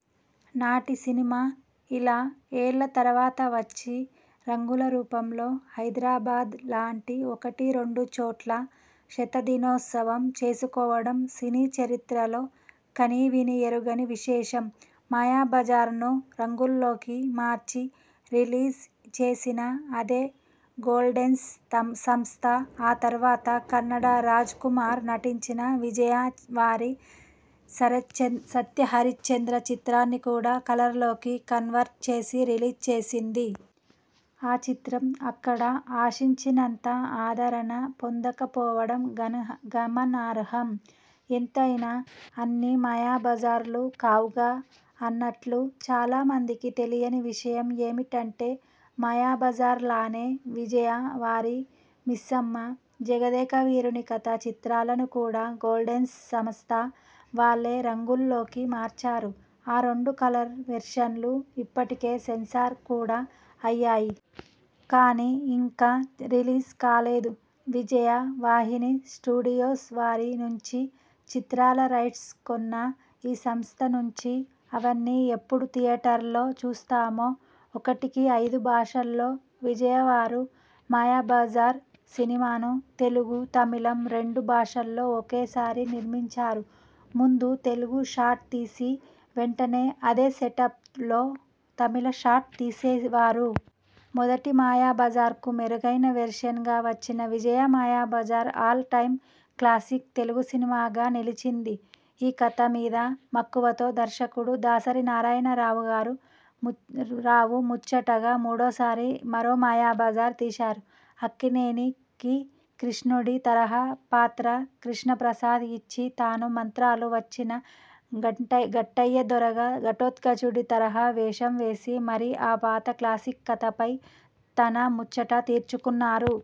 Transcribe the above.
నాటి సినిమా ఇలా ఏళ్ళ తరువాత వచ్చి, రంగుల రూపంలో హైదరాబాద్ లాంటి ఒకటి రెండు చోట్ల శతదినోత్సవం చేసుకోవడం సినీ చరిత్రలో కనీవినీ ఎరుగని విశేషం. 'మాయాబజార్'ను రంగుల్లోకి మార్చి, రిలీజ్ చేసిన అదే గోల్డ్స్టోన్ సంస్థ ఆ తరువాత కన్నడ రాజ్ కుమార్ నటించిన విజయా వారి 'సత్యహరిశ్చంద్ర' చిత్రాన్ని కూడా కలర్లోకి కన్వర్ట్ చేసి, రిలీజ్ చేసింది. ఆ చిత్రం అక్కడ ఆశించినంత ఆదరణ పొందకపోవడం గమనార్హం. ఎంతైనా, అన్నీ 'మాయాబజార్'లు కావుగా! అన్నట్లు, చాలామందికి తెలియని విషయం ఏమిటంటే, మాయాబజార్ లానే విజయా వారి మిస్సమ్మ, జగదేకవీరుని కథ చిత్రాలను కూడా గోల్డ్స్టోన్ సంస్థ వాళ్ళే రంగుల్లోకి మార్చారు. ఆ రెండు కలర్ వెర్షన్లూ ఇప్పటికే సెన్సార్ కూడా అయ్యాయి. కానీ, ఇంకా రిలీజ్ కాలేదు. విజయ వాహినీ స్టూడియోస్ వారి నుంచి చిత్రాల రైట్స్ కొన్న ఈ సంస్థ నుంచి అవన్నీ ఎప్పుడు థియేటర్లలో చూస్తామో! ఒకటికి అయిదు భాషల్లో విజయ వారు మాయాబజార్ సినిమాను తెలుగు, తమిళం రెండు భాషల్లో ఒకేసారి నిర్మించారు. ముందు తెలుగు షాట్ తీసి, వెంటనే అదే సెటప్ లో తమిళ షాట్ తీసేవారు. మొదటి మాయాబజార్కు మెరుగైన వెర్షన్ గా వచ్చిన Vijaya Mayabazar all time classic Telugu సినిమాగా నిలిచింది. ఈ కథ మీద మక్కువతో దర్శకుడు దాసరి నారాయణరావు ముచ్చటగా మూడోసారి మరో మాయాబజార్ తీశారు.. అక్కినేనికి శ్రీకృష్ణుడి తరహా పాత్ర కృష్ణప్రసాద్ ఇచ్చి, తాను మంత్రాలు వచ్చిన ఘట్టయ్యదొరగా ఘటోత్కచుడి తరహా వేషం వేసి మరీ ఆ పాత క్లాసిక్ కథపై తన ముచ్చట తీర్చుకున్నారు.